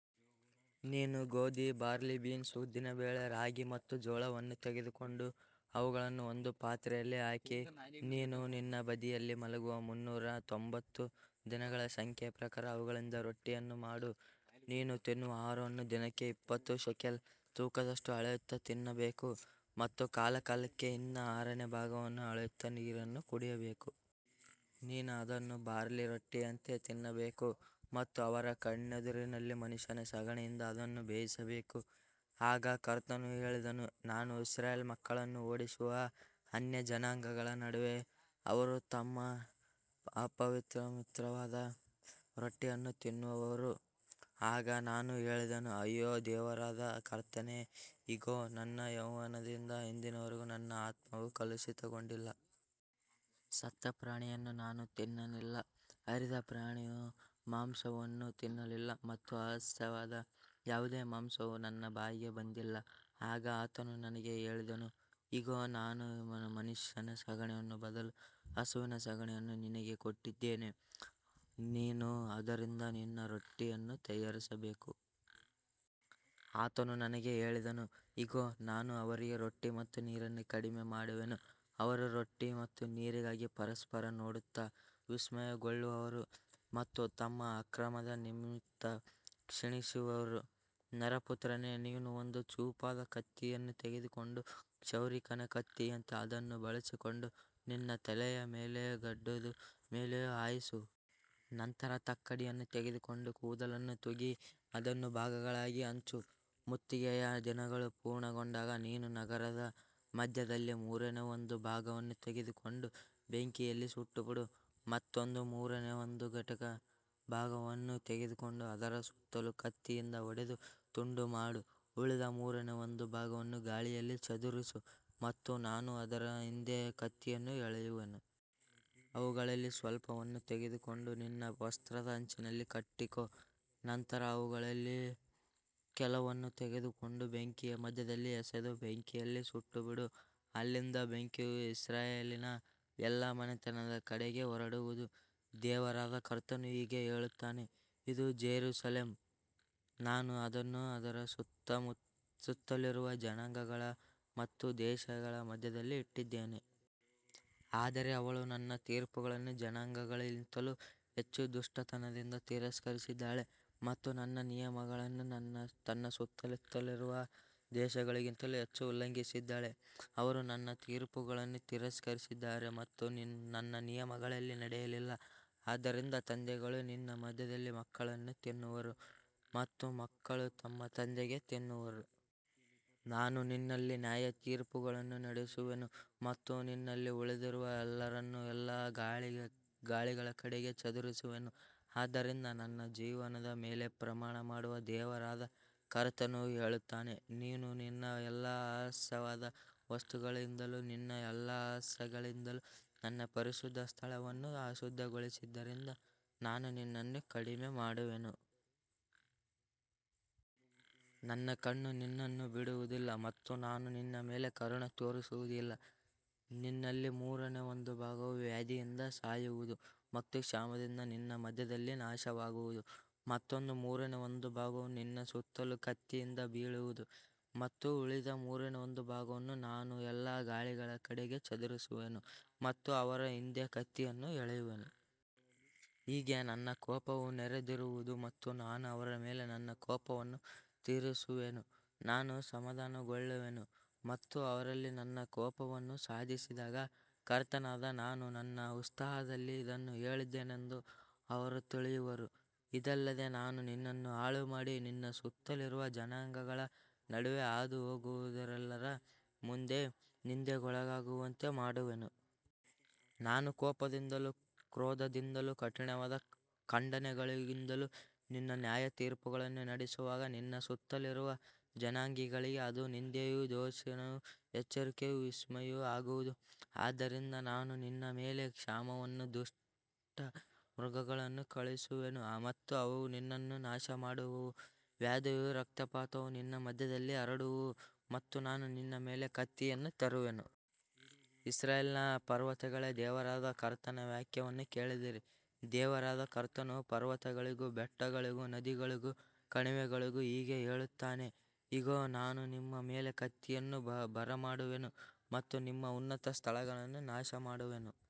ನೀನು ಗೋಧಿ, barley, beans, ಉದ್ದಿನಬೇಳೆ, ರಾಗಿ ಮತ್ತು ಜೋಳವನ್ನು ತೆಗೆದುಕೊಂಡು ಅವುಗಳನ್ನು ಒಂದು ಪಾತ್ರೆಯಲ್ಲಿ ಹಾಕಿ, ನೀನು ನಿನ್ನ ಬದಿಯಲ್ಲಿ ಮಲಗುವ ಮುನ್ನೂರ ತೊಂಬತ್ತು ದಿನಗಳ ಸಂಖ್ಯೆಯ ಪ್ರಕಾರ ಅವುಗಳಿಂದ ರೊಟ್ಟಿಯನ್ನು ಮಾಡು. ನೀನು ತಿನ್ನುವ ಆಹಾರವನ್ನು ದಿನಕ್ಕೆ ಇಪ್ಪತ್ತು ಶೇಕೆಲ್ ತೂಕದಷ್ಟು ಅಳೆಯುತ್ತಾ ತಿನ್ನಬೇಕು ಮತ್ತು ಕಾಲಕಾಲಕ್ಕೆ ಹಿನ್ನ ಆರನೇ ಭಾಗವನ್ನು ಅಳೆಯುತ್ತಾ ನೀರನ್ನು ಕುಡಿಯಬೇಕು. ನೀನು ಅದನ್ನು ಬಾರ್ಲಿ ರೊಟ್ಟಿಯಂತೆ ತಿನ್ನಬೇಕು ಮತ್ತು ಅವರ ಕಣ್ಣೆದುರಿನಲ್ಲಿ ಮನುಷ್ಯನ ಸಗಣಿಯಿಂದ ಅದನ್ನು ಬೇಯಿಸಬೇಕು. ಆಗ ಕರ್ತನು ಹೇಳಿದನು, ನಾನು ಇಸ್ರಾಯೇಲ್ ಮಕ್ಕಳನ್ನು ಓಡಿಸುವ ಅನ್ಯಜನಾಂಗಗಳ ನಡುವೆ ಅವರು ತಮ್ಮ ಅಪವಿತ್ರವಾದ ರೊಟ್ಟಿಯನ್ನು ತಿನ್ನುವರು. ಆಗ ನಾನು ಹೇಳಿದೆನು, ಅಯ್ಯೋ ದೇವರಾದ ಕರ್ತನೇ, ಇಗೋ, ನನ್ನ ಯೌವನದಿಂದ ಇಂದಿನವರೆಗೂ ನನ್ನ ಆತ್ಮವು ಕಲುಷಿತಗೊಂಡಿಲ್ಲ. ಸತ್ತ ಪ್ರಾಣಿಯನ್ನು ನಾನು ತಿನ್ನಲಿಲ್ಲ, ಹರಿದ ಪ್ರಾಣಿಯ ಮಾಂಸವನ್ನೂ ತಿನ್ನಲಿಲ್ಲ ಮತ್ತು ಅಸಹ್ಯವಾದ ಯಾವುದೇ ಮಾಂಸವು ನನ್ನ ಬಾಯಿಗೆ ಬಂದಿಲ್ಲ. ಆಗ ಆತನು ನನಗೆ ಹೇಳಿದನು, ಇಗೋ, ನಾನು ಮನುಷ್ಯನ ಸಗಣಿಯ ಬದಲು ಹಸುವಿನ ಸಗಣಿಯನ್ನು ನಿನಗೆ ಕೊಟ್ಟಿದ್ದೇನೆ, ನೀನು ಅದರಿಂದ ನಿನ್ನ ರೊಟ್ಟಿಯನ್ನು ತಯಾರಿಸಬೇಕು. ಆತನು ನನಗೆ ಹೇಳಿದನು, ಇಗೋ, ನಾನು ಅವರಿಗೆ ರೊಟ್ಟಿ ಮತ್ತು ನೀರನ್ನು ಕಡಿಮೆ ಮಾಡುವೆನು, ಅವರು ರೊಟ್ಟಿ ಮತ್ತು ನೀರಿಗಾಗಿ ಪರಸ್ಪರ ನೋಡುತ್ತಾ ವಿಸ್ಮಯಗೊಳ್ಳುವರು ಮತ್ತು ತಮ್ಮ ಅಕ್ರಮದ ನಿಮಿತ್ತ ಕ್ಷೀಣಿಸುವರು. ನರಪುತ್ರನೇ, ನೀನು ಒಂದು ಚೂಪಾದ ಕತ್ತಿಯನ್ನು ತೆಗೆದುಕೊಂಡು ಕ್ಷೌರಿಕನ ಕತ್ತಿಯಂತೆ ಅದನ್ನು ಬಳಸಿಕೊಂಡು ನಿನ್ನ ತಲೆಯ ಮೇಲೆಯೂ ಗಡ್ಡದ ಮೇಲೆಯೂ ಹಾಯಿಸು. ನಂತರ ತಕ್ಕಡಿಯನ್ನು ತೆಗೆದುಕೊಂಡು ಕೂದಲನ್ನು ತೂಗಿ ಅದನ್ನು ಭಾಗಗಳಾಗಿ ಹಂಚು. ಮುತ್ತಿಗೆಯ ದಿನಗಳು ಪೂರ್ಣಗೊಂಡಾಗ ನೀನು ನಗರದ ಮಧ್ಯದಲ್ಲಿ ಮೂರನೇ ಒಂದು ಭಾಗವನ್ನು ತೆಗೆದುಕೊಂಡು ಬೆಂಕಿಯಲ್ಲಿ ಸುಟ್ಟುಬಿಡು. ಮತ್ತೊಂದು ಮೂರನೇ ಒಂದು ಭಾಗವನ್ನು ತೆಗೆದುಕೊಂಡು ಅದರ ಸುತ್ತಲೂ ಕತ್ತಿಯಿಂದ ಹೊಡೆದು ತುಂಡುಮಾಡು. ಉಳಿದ ಮೂರನೇ ಒಂದು ಭಾಗವನ್ನು ಗಾಳಿಯಲ್ಲಿ ಚದುರಿಸು ಮತ್ತು ನಾನು ಅದರ ಹಿಂದೆ ಕತ್ತಿಯನ್ನು ಎಳೆಯುವೆನು. ಅವುಗಳಲ್ಲಿ ಸ್ವಲ್ಪವನ್ನು ತೆಗೆದುಕೊಂಡು ನಿನ್ನ ವಸ್ತ್ರದ ಅಂಚಿನಲ್ಲಿ ಕಟ್ಟಿಕೋ. ನಂತರ ಅವುಗಳಲ್ಲಿ ಕೆಲವನ್ನು ತೆಗೆದುಕೊಂಡು ಬೆಂಕಿಯ ಮಧ್ಯದಲ್ಲಿ ಎಸೆದು ಬೆಂಕಿಯಲ್ಲಿ ಸುಟ್ಟುಬಿಡು. ಅಲ್ಲಿಂದ ಬೆಂಕಿಯು ಇಸ್ರಾಯೇಲಿನ ಎಲ್ಲಾ ಮನೆತನದ ಕಡೆಗೆ ಹೊರಡುವುದು. ದೇವರಾದ ಕರ್ತನು ಹೀಗೆ ಹೇಳುತ್ತಾನೆ, ಇದು ಯೆರೂಸಲೇಮ್. ನಾನು ಅದನ್ನು ಅದರ ಸುತ್ತಲಿರುವ ಜನಾಂಗಗಳ ಮತ್ತು ದೇಶಗಳ ಮಧ್ಯದಲ್ಲಿ ಇಟ್ಟಿದ್ದೇನೆ. ಆದರೆ ಅವಳು ನನ್ನ ತೀರ್ಪುಗಳನ್ನು ಜನಾಂಗಗಳಿಗಿಂತಲೂ ಹೆಚ್ಚು ದುಷ್ಟತನದಿಂದ ತಿರಸ್ಕರಿಸಿದ್ದಾಳೆ ಮತ್ತು ನನ್ನ ನಿಯಮಗಳನ್ನು ತನ್ನ ಸುತ್ತಲಿರುವ ದೇಶಗಳಿಗಿಂತಲೂ ಹೆಚ್ಚು ಉಲ್ಲಂಘಿಸಿದ್ದಾಳೆ. ಅವರು ನನ್ನ ತೀರ್ಪುಗಳನ್ನು ತಿರಸ್ಕರಿಸಿದ್ದಾರೆ ಮತ್ತು ನನ್ನ ನಿಯಮಗಳಲ್ಲಿ ನಡೆಯಲಿಲ್ಲ. ಆದ್ದರಿಂದ ತಂದೆಗಳು ನಿನ್ನ ಮಧ್ಯದಲ್ಲಿ ಮಕ್ಕಳನ್ನು ತಿನ್ನುವರು ಮತ್ತು ಮಕ್ಕಳು ತಮ್ಮ ತಂದೆಗಳನ್ನು ತಿನ್ನುವರು. ನಾನು ನಿನ್ನಲ್ಲಿ ನ್ಯಾಯತೀರ್ಪುಗಳನ್ನು ನಡೆಸುವೆನು ಮತ್ತು ನಿನ್ನಲ್ಲಿ ಉಳಿದಿರುವ ಎಲ್ಲರನ್ನೂ ಎಲ್ಲಾ ಗಾಳಿಗಳ ಕಡೆಗೆ ಚದುರಿಸುವೆನು. ಆದ್ದರಿಂದ ನನ್ನ ಜೀವದ ಮೇಲೆ ಪ್ರಮಾಣಮಾಡುವ ದೇವರಾದ ಕರ್ತನು ಹೇಳುತ್ತಾನೆ, ನೀನು ನಿನ್ನ ಎಲ್ಲಾ ಅಸಹ್ಯವಾದ ವಸ್ತುಗಳಿಂದಲೂ ನಿನ್ನ ಎಲ್ಲಾ ಅಸಹ್ಯಗಳಿಂದಲೂ ನನ್ನ ಪರಿಶುದ್ಧ ಸ್ಥಳವನ್ನು ಅಶುದ್ಧಗೊಳಿಸಿದ್ದರಿಂದ, ನಾನೂ ನಿನ್ನನ್ನು ಕಡಿಮೆಮಾಡುವೆನು. ನನ್ನ ಕಣ್ಣು ನಿನ್ನನ್ನು ಬಿಡುವುದಿಲ್ಲ ಮತ್ತು ನಾನು ನಿನ್ನ ಮೇಲೆ ಕರುಣೆ ತೋರಿಸುವುದಿಲ್ಲ. ನಿನ್ನಲ್ಲಿ ಮೂರನೇ ಒಂದು ಭಾಗವು ವ್ಯಾಧಿಯಿಂದ ಸಾಯುವುದು ಮತ್ತು ಕ್ಷಾಮದಿಂದ ನಿನ್ನ ಮಧ್ಯದಲ್ಲಿ ನಾಶವಾಗುವುದು. ಮತ್ತೊಂದು ಮೂರನೇ ಒಂದು ಭಾಗವು ನಿನ್ನ ಸುತ್ತಲೂ ಕತ್ತಿಯಿಂದ ಬೀಳುವುದು ಮತ್ತು ಉಳಿದ ಮೂರನೇ ಒಂದು ಭಾಗವನ್ನು ನಾನು ಎಲ್ಲಾ ಗಾಳಿಗಳ ಕಡೆಗೆ ಚದುರಿಸುವೆನು ಮತ್ತು ಅವರ ಹಿಂದೆ ಕತ್ತಿಯನ್ನು ಎಳೆಯುವೆನು. ಹೀಗೆ ನನ್ನ ಕೋಪವು ನೆರವೇರುವುದು ಮತ್ತು ನಾನು ಅವರ ಮೇಲೆ ನನ್ನ ಕೋಪವನ್ನು ತೀರಿಸುವೆನು. ನಾನು ಸಮಾಧಾನಗೊಳ್ಳುವೆನು ಮತ್ತು ಅವರಲ್ಲಿ ನನ್ನ ಕೋಪವನ್ನು ಸಾಧಿಸಿದಾಗ, ಕರ್ತನಾದ ನಾನು ನನ್ನ ಉತ್ಸಾಹದಲ್ಲಿ ಇದನ್ನು ಹೇಳಿದ್ದೇನೆಂದು ಅವರು ತಿಳಿಯುವರು. ಇದಲ್ಲದೆ ನಾನು ನಿನ್ನನ್ನು ಹಾಳುಮಾಡಿ, ನಿನ್ನ ಸುತ್ತಲಿರುವ ಜನಾಂಗಗಳ ನಡುವೆ ಹಾದುಹೋಗುವವರೆಲ್ಲರ ಮುಂದೆ ನಿಂದೆಗೊಳಗಾಗುವಂತೆ ಮಾಡುವೆನು. ನಾನು ಕೋಪದಿಂದಲೂ ಕ್ರೋಧದಿಂದಲೂ ಕಠಿಣವಾದ ಖಂಡನೆಗಳಿಂದಲೂ ನಿನ್ನಲ್ಲಿ ನ್ಯಾಯತೀರ್ಪುಗಳನ್ನು ನಡೆಸುವಾಗ, ನಿನ್ನ ಸುತ್ತಲಿರುವ ಜನಾಂಗಗಳಿಗೆ ಅದು ನಿಂದೆಯೂ ದೂಷಣೆಯೂ ಎಚ್ಚರಿಕೆಯೂ ವಿಸ್ಮಯವೂ ಆಗುವುದು. ಆದ್ದರಿಂದ ನಾನು ನಿನ್ನ ಮೇಲೆ ಕ್ಷಾಮವನ್ನೂ ದುಷ್ಟ ಮೃಗಗಳನ್ನೂ ಕಳುಹಿಸುವೆನು ಮತ್ತು ಅವು ನಿನ್ನನ್ನು ನಾಶಮಾಡುವವು. ವ್ಯಾಧಿಯೂ ರಕ್ತಪಾತವೂ ನಿನ್ನ ಮಧ್ಯದಲ್ಲಿ ಹರಡುವವು ಮತ್ತು ನಾನು ನಿನ್ನ ಮೇಲೆ ಕತ್ತಿಯನ್ನು ತರುವೆನು. ಇಸ್ರಾಯೇಲಿನ ಪರ್ವತಗಳೇ, ದೇವರಾದ ಕರ್ತನ ವಾಕ್ಯವನ್ನು ಕೇಳಿರಿ. ದೇವರಾದ ಕರ್ತನು ಪರ್ವತಗಳಿಗೂ ಬೆಟ್ಟಗಳಿಗೂ ನದಿಗಳಿಗೂ ಕಣಿವೆಗಳಿಗೂ ಹೀಗೆ ಹೇಳುತ್ತಾನೆ, ಇಗೋ, ನಾನು ನಿಮ್ಮ ಮೇಲೆ ಕತ್ತಿಯನ್ನು ಬರಮಾಡುವೆನು ಮತ್ತು ನಿಮ್ಮ ಉನ್ನತ ಸ್ಥಳಗಳನ್ನು ನಾಶಮಾಡುವೆನು.